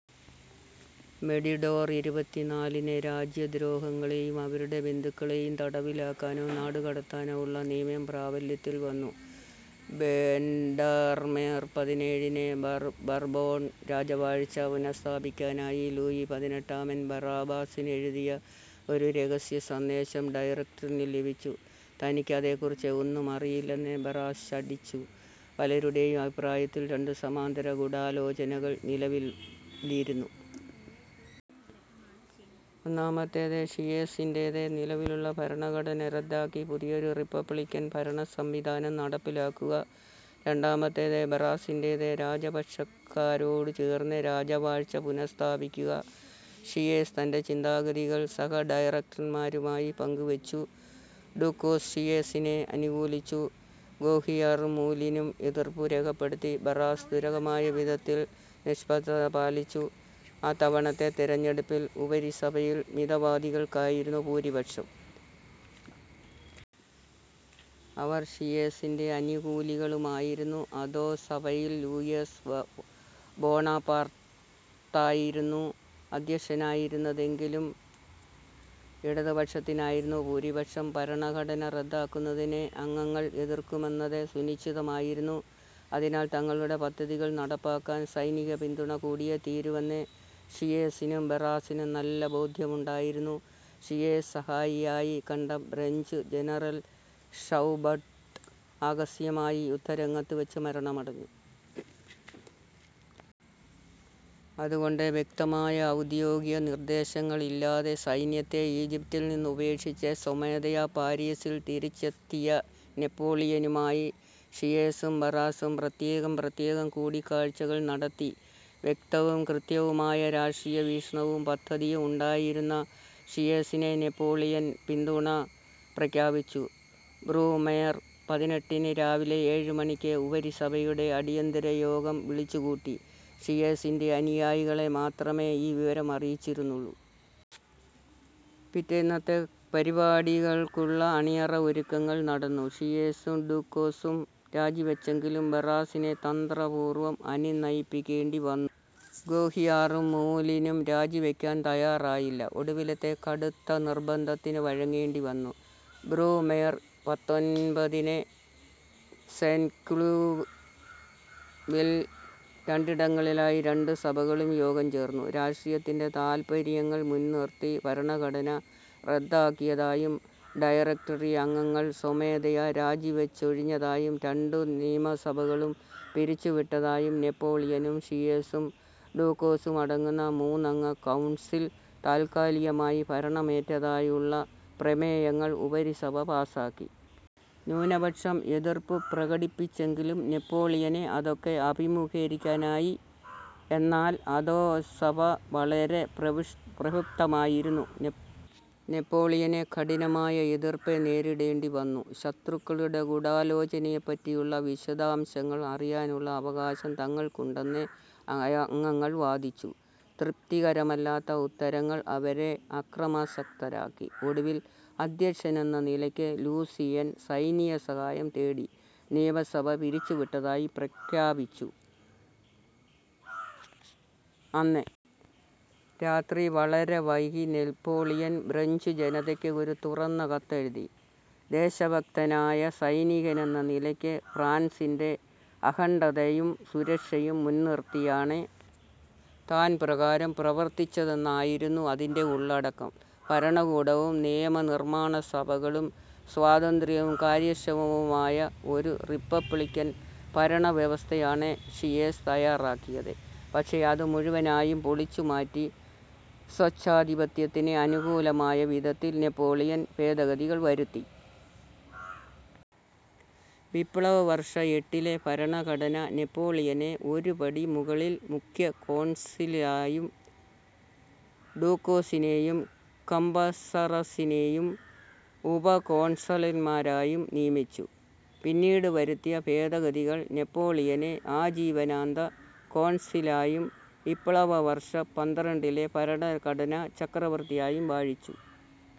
Mesidor ഇരുപത്തിനാലിന് രാജ്യദ്രോഹികളേയും അവരുടെ ബന്ധുക്കളേയും തടവിലാക്കാനോ നാടുകടത്താനോ ഉള്ള നിയമം പ്രാബല്യത്തിൽ വന്നു. വെൻഡർമേർ പതിനേഴിന് ബുർബോൺ രാജവാഴ്ച പുനഃസ്ഥാപിക്കാനായി ലൂയി പതിനെട്ടാമൻ ബറാസിനെഴുതിയ ഒരു രഹസ്യസന്ദേശം ഡയറക്റ്ററിക്കു ലഭിച്ചു. തനിക്ക് അതേക്കുറിച്ച് ഒന്നും അറിയില്ലെന്ന് ബറാസ് ശഠിച്ചു. പലരുടെയും അഭിപ്രായത്തിൽ, രണ്ടു സമാന്തര ഗൂഢാലോചനകൾ നിലവിലിരുന്നു. ഒന്നാമത്തേത് ഷീയെസിന്റേത് നിലവിലുള്ള ഭരണഘടന റദ്ദാക്കി പുതിയൊരു റിപ്പബ്ലിക്കൻ ഭരണസംവിധാനം നടപ്പിലാക്കുക. രണ്ടാമത്തേത് ബറാസിന്റേത് രാജപക്ഷക്കാരോടു ചേർന്ന് രാജവാഴ്ച പുനഃസ്ഥാപിക്കുക. ഷീയെസ് തൻ്റെ ചിന്താഗതികൾ സഹഡയറക്റ്റർമാരുമായി പങ്കുവച്ചു. ഡൂക്കോസ് ഷീയെസിനെ അനുകൂലിച്ചു, ഗോഹിയറും മൂലിനും എതിർപ്പു രേഖപ്പെടുത്തി. ബറാസ് ദുരൂഹമായ വിധത്തിൽ നിഷ്പക്ഷത പാലിച്ചു. അത്തവണത്തെ തിരഞ്ഞെടുപ്പിൽ ഉപരിസഭയിൽ മിതവാദികൾക്കായിരുന്നു ഭൂരിപക്ഷം. അവർ ഷീയെസിൻ്റെ അനുകൂലികളുമായിരുന്നു. അധോസഭയിൽ ലൂസിയൻ ബോണപാർട്ടായിരുന്നു അധ്യക്ഷനായിരുന്നതെങ്കിലും, ഇടതുപക്ഷത്തിനായിരുന്നു ഭൂരിപക്ഷം. ഭരണഘടന റദ്ദാക്കുന്നതിനെ അംഗങ്ങൾ എതിർക്കുമെന്നത് സുനിശ്ചിതമായിരുന്നു. അതിനാൽ തങ്ങളുടെ പദ്ധതികൾ നടപ്പാക്കാൻ സൈനികപിന്തുണ കൂടിയേ തീരൂവെന്ന് ഷീയെസിനും ബറാസിനും നല്ല ബോധ്യമുണ്ടായിരുന്നു. ഷീയെസ് സഹായിയായി കണ്ട ഫ്രഞ്ച് ജനറൽ ഷൗബർട്ട് ആകസ്മികമായി യുദ്ധരംഗത്തുവച്ച് മരണമടഞ്ഞു. അതുകൊണ്ട്, വ്യക്തമായ ഔദ്യോഗിക നിർദ്ദേശങ്ങളില്ലാതെ സൈന്യത്തെ ഈജിപ്തിൽ ഉപേക്ഷിച്ച് സ്വമേധയാ പാരീസിൽ തിരിച്ചെത്തിയ നെപ്പോളിയനുമായി ഷീയെസും ബറാസും പ്രത്യേകം പ്രത്യേകം കൂടിക്കാഴ്ചകൾ നടത്തി. വ്യക്തവും കൃത്യവുമായ രാഷ്ട്രീയവീക്ഷണവും പദ്ധതിയും ഉണ്ടായിരുന്ന ഷീയെസിന് നെപ്പോളിയൻ പിന്തുണ പ്രഖ്യാപിച്ചു. ബ്രൂമേർ പതിനെട്ടിന് രാവിലെ ഏഴുമണിക്ക് ഉപരിസഭയുടെ അടിയന്തരയോഗം വിളിച്ചുകൂട്ടി. ഷീയെസിൻ്റെ അനുയായികളെ മാത്രമേ ഈ വിവരം അറിയിച്ചിരുന്നുള്ളൂ. പിറ്റേന്നത്തെ പരിപാടികൾക്കുള്ള അണിയറ ഒരുക്കങ്ങൾ നടന്നു. ഷീയെസും ഡൂക്കോസും രാജിവച്ചെങ്കിലും, ബറാസിനെ തന്ത്രപൂർവം അനുനയിപ്പിക്കേണ്ടിവന്നു. ഗോഹിയറും മൂലിനും രാജിവയ്ക്കാൻ തയ്യാറായില്ല. ഒടുവിൽ കടുത്ത നിർബന്ധത്തിനു വഴങ്ങേണ്ടിവന്നു. ബ്രൂമേർ പത്തൊൻപതിന് സെയ്ന്റ്ക്ലൂ വിൽ രണ്ടിടങ്ങളിലായി രണ്ടു സഭകളും യോഗം ചേർന്നു. രാഷ്ട്രത്തിൻ്റെ താത്പര്യങ്ങൾ മുൻനിർത്തി ഭരണഘടന റദ്ദാക്കിയതായും, ഡയറക്റ്ററി അംഗങ്ങൾ സ്വമേധയാ രാജിവച്ചൊഴിഞ്ഞതായും, രണ്ടു നിയമസഭകളും പിരിച്ചുവിട്ടതായും, നെപ്പോളിയനും ഷീയെസും ഡൂക്കോസും അടങ്ങുന്ന മൂന്നംഗ കൗൺസിൽ താത്കാലികമായി ഭരണമേറ്റതായുമുള്ള പ്രമേയങ്ങൾ ഉപരിസഭ പാസാക്കി. ന്യൂനപക്ഷം എതിർപ്പു പ്രകടിപ്പിച്ചെങ്കിലും, നെപ്പോളിയന് അതൊക്കെ അഭിമുഖീകരിക്കാനായി. എന്നാൽ അധോസഭ വളരെ പ്രക്ഷുബ്ധമായിരുന്നു. നെപ്പോളിയന് കഠിനമായ എതിർപ്പ് നേരിടേണ്ടിവന്നു. ശത്രുക്കളുടെ ഗൂഢാലോചനയെപ്പറ്റിയുള്ള വിശദാംശങ്ങൾ അറിയാനുള്ള അവകാശം തങ്ങൾക്കുണ്ടെന്ന് അംഗങ്ങൾ വാദിച്ചു. തൃപ്തികരമല്ലാത്ത ഉത്തരങ്ങൾ അവരെ അക്രമാസക്തരാക്കി. ഒടുവിൽ, അധ്യക്ഷനെന്ന നിലയ്ക്ക് ലൂസിയൻ സൈനികസഹായം തേടി നിയമസഭ പിരിച്ചുവിട്ടതായി പ്രഖ്യാപിച്ചു. അന്ന് രാത്രി വളരെ വൈകി നെപ്പോളിയൻ ഫ്രഞ്ചുജനതയ്ക്ക് ഒരു തുറന്ന കത്തെഴുതി. ദേശഭക്തനായ സൈനികനെന്ന നിലയ്ക്ക് ഫ്രാൻസിൻ്റെ അഖണ്ഡതയും സുരക്ഷയും മുൻനിർത്തിയാണ് താൻപ്രകാരം പ്രവർത്തിച്ചതെന്നായിരുന്നു അതിൻ്റെ ഉള്ളടക്കം. ഭരണകൂടവും നിയമനിർമ്മാണസഭകളും സ്വതന്ത്രവും കാര്യക്ഷമവുമായ ഒരു റിപ്പബ്ലിക്കൻ ഭരണവ്യവസ്ഥയാണ് ഷീയെസ് തയ്യാറാക്കിയത്. പക്ഷേ, അത് മുഴുവനായും പൊളിച്ചുമാറ്റി, സ്വേച്ഛാധിപത്യത്തിന് അനുകൂലമായ വിധത്തിൽ നെപ്പോളിയൻ ഭേദഗതികൾ വരുത്തി. വിപ്ലവവർഷം എട്ടിലെ ഭരണഘടന നെപ്പോളിയനെ ഒരു പടി മുകളിൽ മുഖ്യ കോൺസിലായും, ഡൂക്കോസിനെയും കാംബസറസിനെയും ഉപകോൺസിലർമാരായും നിയമിച്ചു. പിന്നീട് വരുത്തിയ ഭേദഗതികൾ നെപ്പോളിയനെ ആജീവനാന്ത കോൺസിലായും, വിപ്ലവവർഷം പന്ത്രണ്ടിലെ ഭരണഘടന ചക്രവർത്തിയായും വാഴിച്ചു.